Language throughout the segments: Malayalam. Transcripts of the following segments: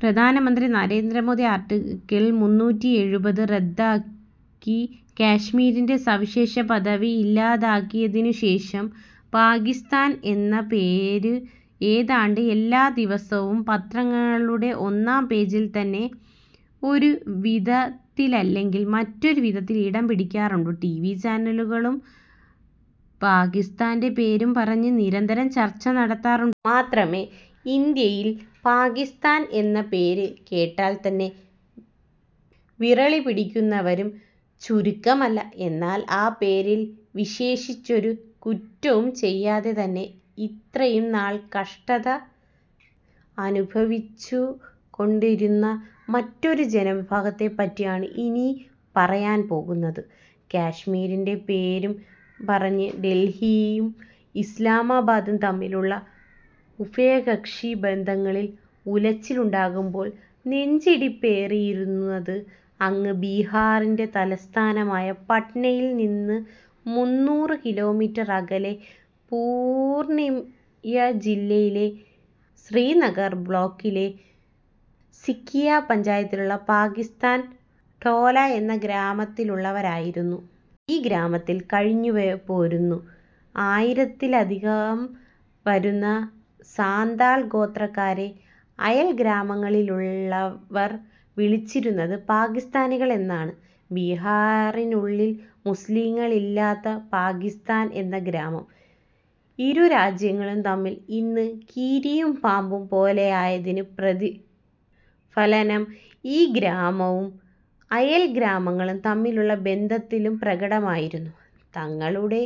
പ്രധാനമന്ത്രി നരേന്ദ്ര മോദി ആർട്ടിക്കിൾ മൂന്നൂറ്റി എഴുപത് റദ്ദാക്കി കശ്മീരിൻ്റെ സവിശേഷപദവി ഇല്ലാതാക്കിയതിനു ശേഷം, പാകിസ്ഥാൻ എന്ന പേര് ഏതാണ്ട് എല്ലാദിവസവും പത്രങ്ങളുടെ ഒന്നാം പേജിൽ തന്നെ ഒരു വിധത്തിലല്ലെങ്കിൽ മറ്റൊരുവിധത്തിൽ ഇടം പിടിക്കാറുണ്ട്. ടിവി ചാനലുകളും പാകിസ്ഥാൻ്റെ പേരും പറഞ്ഞ് നിരന്തരം ചർച്ചകൾ നടത്താറുണ്ട്. മാത്രമോ, ഇന്ത്യയിൽ പാകിസ്ഥാൻ എന്ന പേര് കേട്ടാൽ തന്നെ വിറളിപിടിക്കുന്നവരും ചുരുക്കമല്ല. എന്നാൽ ആ പേരിൽ, വിശേഷിച്ചൊരു കുറ്റവും ചെയ്യാതെ തന്നെ, ഇത്രയും നാൾ കഷ്ടത അനുഭവിച്ചുകൊണ്ടിരുന്ന മറ്റൊരു ജനവിഭാഗത്തെപ്പറ്റിയാണ് ഇനി പറയാൻ പോകുന്നത്. കശ്മീരിൻ്റെ പേരും പറഞ്ഞ് ഡൽഹിയും ഇസ്ലാമാബാദും തമ്മിലുള്ള ഉഭയകക്ഷി ബന്ധങ്ങളിൽ ഉലച്ചിലുണ്ടാകുമ്പോൾ നെഞ്ചിടിപ്പേറിയിരുന്നത്, അങ്ങ് ബിഹാറിൻ്റെ തലസ്ഥാനമായ പട്നയിൽ നിന്ന് മുന്നൂറ് കിലോമീറ്റർ അകലെ, പൂർണിയ ജില്ലയിലെ ശ്രീനഗർ ബ്ലോക്കിലെ സിംഘിയ പഞ്ചായത്തിലുള്ള പാകിസ്ഥാൻ ടോലാ എന്ന ഗ്രാമത്തിലുള്ളവർക്കായിരുന്നു. ഈ ഗ്രാമത്തിൽ കഴിഞ്ഞുപോരുന്ന ആയിരത്തിലധികം വരുന്ന സാന്താൾ ഗോത്രക്കാരെ അയൽഗ്രാമങ്ങളിലുള്ളവർ വിളിച്ചിരുന്നത് പാകിസ്ഥാനികൾ എന്നാണ്. ബിഹാറിനുള്ളിൽ മുസ്ലിങ്ങളില്ലാത്ത പാകിസ്ഥാൻ എന്ന ഗ്രാമം, ഇരു രാജ്യങ്ങളും തമ്മിൽ ഇന്ന് കീരിയും പാമ്പും പോലായതിൻ്റെ പ്രതിഫലനം ഈ ഗ്രാമവും അയൽ ഗ്രാമങ്ങളും തമ്മിലുള്ള ബന്ധത്തിലും പ്രകടമായിരുന്നു. തങ്ങളുടെ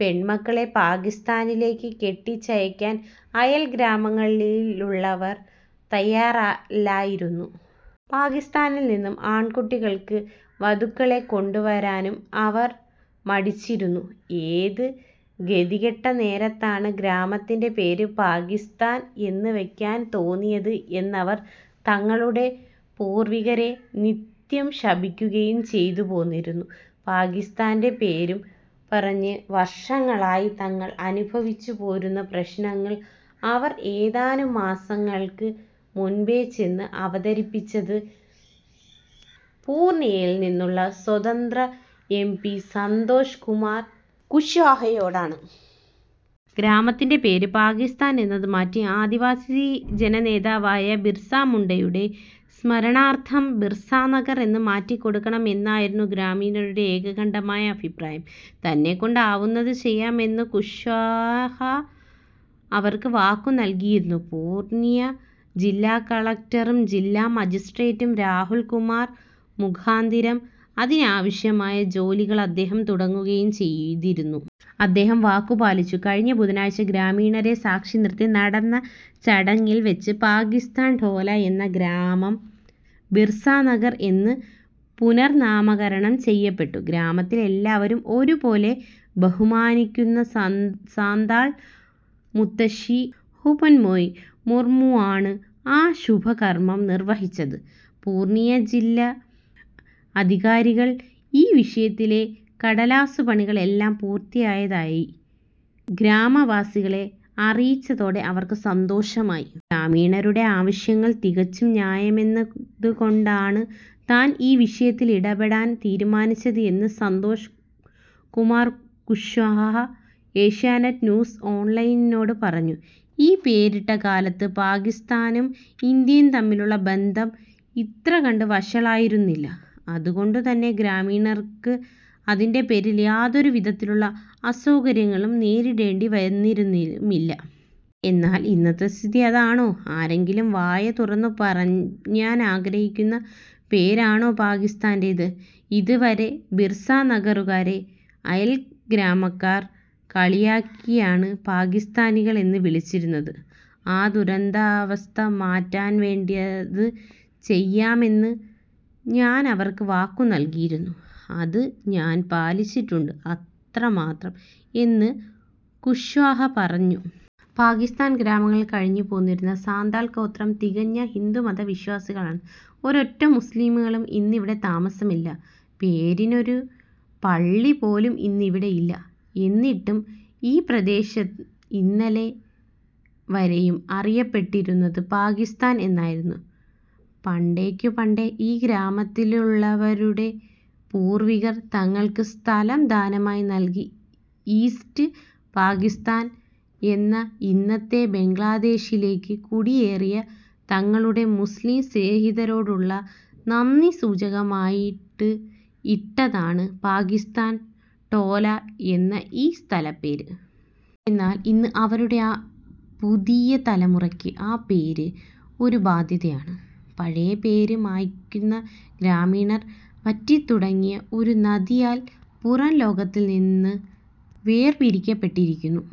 പെൺമക്കളെ പാകിസ്ഥാനിലേക്ക് കെട്ടിച്ചയക്കാൻ അയൽഗ്രാമങ്ങളിലുള്ളവർ തയ്യാറല്ലായിരുന്നു. പാകിസ്ഥാനിൽ നിന്ന് ആൺമക്കൾക്ക് വധുക്കളെ കൊണ്ടുവരാനും അവർ മടിച്ചിരുന്നു. ഏത് ഗതികെട്ട നേരത്താണ് ഗ്രാമത്തിൻ്റെ പേര് പാകിസ്ഥാൻ എന്ന് വെക്കാൻ തോന്നിയത് എന്നവർ തങ്ങളുടെ പൂർവ്വികരെ നിത്യം ശപിക്കുകയും ചെയ്തുപോന്നിരുന്നു. പാകിസ്ഥാൻ്റെ പേരും പറഞ്ഞ് വർഷങ്ങളായി തങ്ങൾ അനുഭവിച്ചുപോരുന്ന പ്രശ്നങ്ങൾ അവർ ഏതാനും മാസങ്ങൾക്ക് മുൻപ് ചെന്ന് അവതരിപ്പിച്ചത് പൂർണിയയിൽ നിന്നുള്ള സ്വതന്ത്ര എം പി സന്തോഷ് കുമാർ കുഷ്വാഹയോടാണ്. ഗ്രാമത്തിൻ്റെ പേര് പാകിസ്ഥാൻ എന്നത് മാറ്റി, ആദിവാസി ജനനേതാവായ ബിർസാ മുണ്ടയുടെ സ്മരണാർത്ഥം ബിർസാനഗർ എന്ന് മാറ്റിക്കൊടുക്കണം എന്നതായിരുന്നു ഗ്രാമീണരുടെ ഏകകണ്ഠമായ അഭിപ്രായം. തന്നെക്കൊണ്ടാവുന്നത് ചെയ്യാം എന്ന് കുഷ്വാഹ അവർക്ക് വാക്കുനൽകിയിരുന്നു. പൂർണിയ ജില്ലാ കളക്ടറും ജില്ലാ മജിസ്ട്രേറ്റുമായ രാഹുൽ കുമാർ മുഖാന്തിരം അതിനാവശ്യമായ ജോലികൾ അദ്ദേഹം തുടങ്ങുകയും ചെയ്തിരുന്നു. അദ്ദേഹം വാക്കുപാലിച്ചു. കഴിഞ്ഞ ബുധനാഴ്ച, ഗ്രാമീണരെ സാക്ഷിനിർത്തി നടന്ന ചടങ്ങിൽ വെച്ച് പാകിസ്ഥാൻ ടോലാ എന്ന ഗ്രാമം ബിർസാനഗർ എന്ന് പുനർനാമകരണം ചെയ്യപ്പെട്ടു. ഗ്രാമത്തിൽ എല്ലാവരും ഒരുപോലെ ബഹുമാനിക്കുന്ന സാന്താൾ മുത്തശ്ശി ഹോപൻമൊയ് മുർമുവാണ് ആ ശുഭകർമ്മം നിർവ്വഹിച്ചത്. പൂർണിയ ജില്ലാ അധികാരികൾ ഈ വിഷയത്തിലെ കടലാസുപണികൾ എല്ലാം പൂർത്തിയായതായി ഗ്രാമവാസികളെ അറിയിച്ചതോടെ അവർക്ക് സന്തോഷമായി. ഗ്രാമീണരുടെ ആവശ്യങ്ങൾ തികച്ചും ന്യായമെന്ന് കണ്ടാണ് താൻ ഈ വിഷയത്തിൽ ഇടപെടാൻ തീരുമാനിച്ചത് എന്ന് സന്തോഷ് കുമാർ കുഷ്വാഹ ഏഷ്യാനെറ്റ് ന്യൂസ് ഓൺലൈനിനോട് പറഞ്ഞു. ഈ പേരിട്ട കാലത്ത് പാകിസ്ഥാനും ഇന്ത്യയും തമ്മിലുള്ള ബന്ധം ഇത്രകണ്ട് വഷളായിരുന്നില്ല. അതുകൊണ്ടുതന്നെ ഗ്രാമീണർക്ക് അതിൻ്റെ പേരിൽ യാതൊരു വിധത്തിലുള്ള അസൗകര്യങ്ങളും നേരിടേണ്ടി വന്നിരുന്നുമില്ല. എന്നാൽ ഇന്നത്തെ സ്ഥിതി അതാണോ? ആരെങ്കിലും വായ തുറന്ന് പറയാൻ ആഗ്രഹിക്കുന്ന പേരാണോ പാക്കിസ്ഥാൻ്റേത്? ഇതുവരെ ബിർസാനഗറുകാരെ അയൽഗ്രാമക്കാർ കളിയാക്കിയാണ് പാകിസ്ഥാനികൾ എന്ന് വിളിച്ചിരുന്നത്. ആ ദുരവസ്ഥ മാറ്റാൻ വേണ്ടത് ചെയ്യാമെന്ന് ഞാൻ അവർക്ക് വാക്കുനൽകിയിരുന്നു. അത് ഞാൻ പാലിച്ചിട്ടുണ്ട്, അത്രമാത്രം എന്ന് കുഷ്വാഹ പറഞ്ഞു. പാകിസ്ഥാൻ ഗ്രാമത്തിൽ കഴിഞ്ഞുപോന്നിരുന്ന സാന്താൾ ഗോത്രജർ തികഞ്ഞ ഹിന്ദുമത വിശ്വാസികളാണ്. ഒരൊറ്റ മുസ്ലിങ്ങളും ഇന്നിവിടെ താമസമില്ല. പേരിനൊരു പള്ളി പോലും ഇന്നിവിടെയില്ല. എന്നിട്ടും ഈ പ്രദേശം ഇന്നലെ വരെയും അറിയപ്പെട്ടിരുന്നത് പാകിസ്ഥാൻ എന്നായിരുന്നു. പണ്ടേക്കുപണ്ടേ ഈ ഗ്രാമത്തിലുള്ളവരുടെ പൂർവ്വികർ, തങ്ങൾക്ക് സ്ഥലം ദാനമായി നൽകി ഈസ്റ്റ് പാകിസ്ഥാൻ എന്ന ഇന്നത്തെ ബംഗ്ലാദേശിലേക്ക് കുടിയേറിയ തങ്ങളുടെ മുസ്ലിം സ്നേഹിതരോടുള്ള നന്ദിസൂചകമായി ഇട്ടതാണ് പാകിസ്ഥാൻ ടോലാ എന്ന ഈ സ്ഥലപ്പേര്. എന്നാൽ ഇന്ന് അവരുടെ പുതുതലമുറയ്ക്ക് ആ പേര് ഒരു ബാധ്യതയാണ്. പഴയ പേര് മായ്ക്കുന്ന ഗ്രാമീണർ വറ്റിത്തുടങ്ങിയ ഒരു നദിയാൽ പുറംലോകത്തിൽ നിന്ന് വേർപിരിക്കപ്പെട്ടിരിക്കുന്നു.